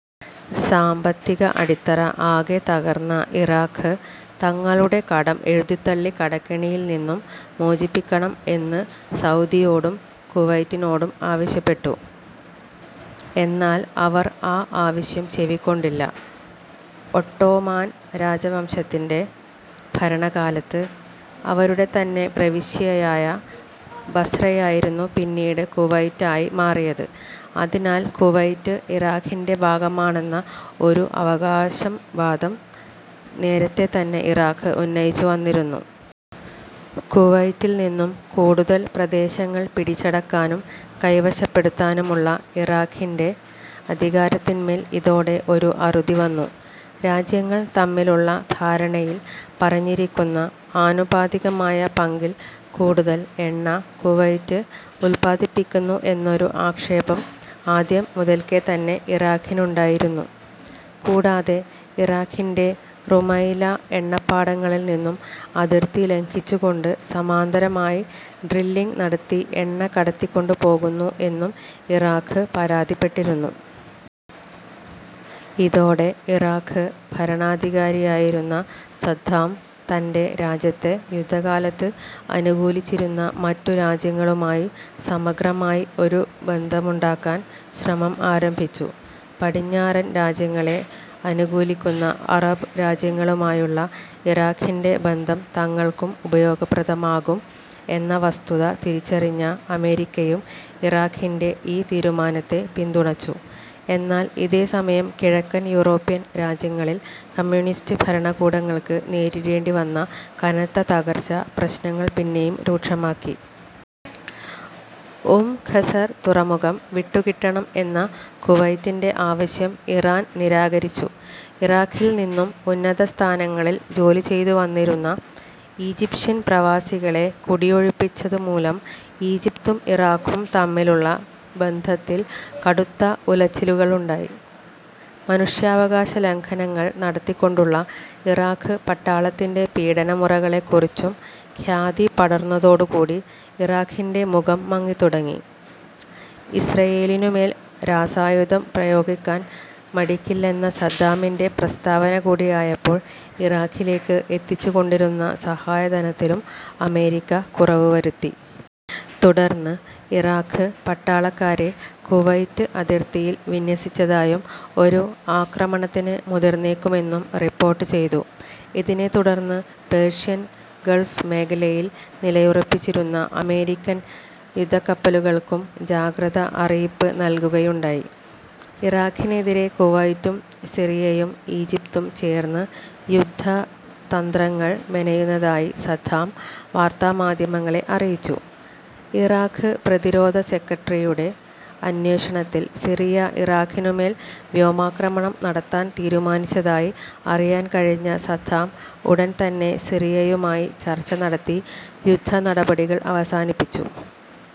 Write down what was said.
സാമ്പത്തിക അടിത്തറ ആകെ തകർന്ന ഇറാഖ് തങ്ങളുടെ കടം എഴുതിത്തള്ളി കടക്കെണിയിൽ നിന്നും മോചിപ്പിക്കണം എന്ന് സൗദിയോടും കുവൈറ്റിനോടും ആവശ്യപ്പെട്ടു. എന്നാൽ അവർ ആ ആവശ്യം ചെവിക്കൊണ്ടില്ല. ഒട്ടോമാൻ രാജവംശത്തിന്റെ ഭരണകാലത്ത് അവരുടെതന്നെ പ്രവിശ്യയായ ബസ്രയായിരുന്നു പിന്നീട് കുവൈറ്റ് ആയി മാറിയത്. അതിനാൽ കുവൈറ്റ് ഇറാഖിന്റെ ഭാഗമാണെന്ന ഒരു അവകാശംവാദം നേരതെതന്നെ ഇറാഖ് ഉന്നയിച്ചുവന്നിരുന്നു. കുവൈറ്റിൽനിന്നും കൂടുതൽ പ്രദേശങ്ങൾ പിടിച്ചടക്കാനും കൈവശപ്പെടുത്താനുമുള്ള ഇറാഖിന്റെ അധികാരത്തിന്മേൽ ഇതോടെ ഒരു അറുതിവന്നു. രാജ്യങ്ങൾ തമ്മിലുള്ള ധാരണയിൽ പറഞ്ഞിരിക്കുന്ന ആനുപാതികമായ പങ്കിൽ കൂടുതൽ എണ്ണ കുവൈറ്റ് ഉൽപ്പാദിപ്പിക്കുന്നു എന്നൊരു ആക്ഷേപം ആദ്യം മുതൽക്കേതന്നെ ഇറാഖിനുണ്ടായിരുന്നു. കൂടാതെ, ഇറാഖിന്റെ റുമൈല എണ്ണപ്പാടങ്ങളിൽനിന്നും അതിർത്തി ലംഘിച്ചുകൊണ്ട് സമാന്തരമായി ഡ്രില്ലിംഗ് നടത്തി എണ്ണ കടത്തിക്കൊണ്ടുപോകുന്നു എന്നും ഇറാഖ് പരാതിപ്പെട്ടിരുന്നു. ഇതോടെ ഇറാഖ് ഭരണാധികാരിയായിരുന്ന സദ്ദാം തൻറെ രാജ്യത്തെ യുദ്ധകാലത്ത് അനുകൂലിച്ചിരുന്ന മറ്റു രാജ്യങ്ങളുമായി സമഗ്രമായി ഒരു ബന്ധമുണ്ടാക്കാൻ ശ്രമം ആരംഭിച്ചു. പടിഞ്ഞാറൻ രാജ്യങ്ങളെ അനുകൂലിക്കുന്ന അറബ് രാജ്യങ്ങളുമായുള്ള ഇറാഖിന്റെ ബന്ധം തങ്ങൾക്കും ഉപയോഗപ്രദമാകും എന്ന വസ്തുത തിരിച്ചറിഞ്ഞ അമേരിക്കയും ഇറാഖിന്റെ ഈ തീരുമാനത്തെ പിന്തുണച്ചു. എന്നാൽ ഇതേ സമയം കിഴക്കൻ യൂറോപ്യൻ രാജ്യങ്ങളിൽ കമ്മ്യൂണിസ്റ്റ് ഭരണകൂടങ്ങൾക്ക് നേരിടേണ്ടിവന്ന കനത്ത തകർച്ച പ്രശ്നങ്ങൾ പിന്നെയും രൂക്ഷമാക്കി. ഉം-ഖസർ തുറമുഖം വിട്ടുകിട്ടണം എന്ന കുവൈറ്റിന്റെ ആവശ്യം ഇറാൻ നിരാകരിച്ചു. ഇറാഖിൽ നിന്നും ഉന്നതസ്ഥാനങ്ങളിൽ ജോലിചെയ്തുവന്നിരുന്ന ഈജിപ്ഷ്യൻ പ്രവാസികളെ കുടിയൊഴിപ്പിച്ചതുമൂലം ഈജിപ്തും ഇറാഖും തമ്മിലുള്ള ബന്ധത്തിൽ കടുത്ത ഉലച്ചിലുകലുണ്ടായി. മനുഷ്യാവകാശലംഘനങ്ങൾ നടത്തിക്കൊണ്ടുള്ള ഇറാഖ് പട്ടാളത്തിന്റെ പീഡനമുറകളെക്കുറിച്ചും ഖ്യാതി പടർന്നതോടുകൂടി ഇറാഖിന്റെ മുഖം മങ്ങിത്തുടങ്ങി. ഇസ്രയേലിനുമേൽ രാസായുധം പ്രയോഗിക്കാൻ മടിക്കില്ലെന്ന സദ്ദാമിന്റെ പ്രസ്താവനകൂടിയായപ്പോൾ ഇറാഖിലേക്ക് എത്തിച്ചുകൊണ്ടിരുന്ന സഹായധനത്തിലും അമേരിക്ക കുറവുവരുത്തി. തുടർന്ന് ഇറാഖ് പട്ടാളക്കാരെ കുവൈറ്റ് അതിർത്തിയിൽ വിന്യസിച്ചതായും, ഒരു ആക്രമണത്തിന് മുതിർന്നേക്കുമെന്നും റിപ്പോർട്ട് ചെയ്തു. ഇതിനെത്തുടർന്ന് പേർഷ്യൻ ഗൾഫ് മേഖലയിൽ നിലയുറപ്പിച്ചിരുന്ന അമേരിക്കൻ യുധക്കപ്പലുകൾക്കും ജാഗ്രത അറിയിപ്പ് നൽകുകയുണ്ടായി. ഇറാഖിനെതിരെ കുവൈറ്റും സിറിയയും ഈജിപ്തും ചേർന്ന് യുദ്ധതന്ത്രങ്ങൾ മെനയുന്നതായി സദ്ദാം വാർത്താമാധ്യമങ്ങളെ അറിയിച്ചു. ഇറാഖ് പ്രധിരോധ സെക്രട്ടറിയുടെ അന്വേഷണത്തിൽ സിറിയ ഇറാഖിനുമേൽ വ്യോമാക്രമണം നടത്താൻ തീരുമാനിച്ചതായി അറിയാൻകഴിഞ്ഞ സദ്ദാം ഉടൻതന്നെ സിറിയയുമായി ചർച്ചനടത്തി യുദ്ധനടപടികൾ അവസാനിപ്പിച്ചു.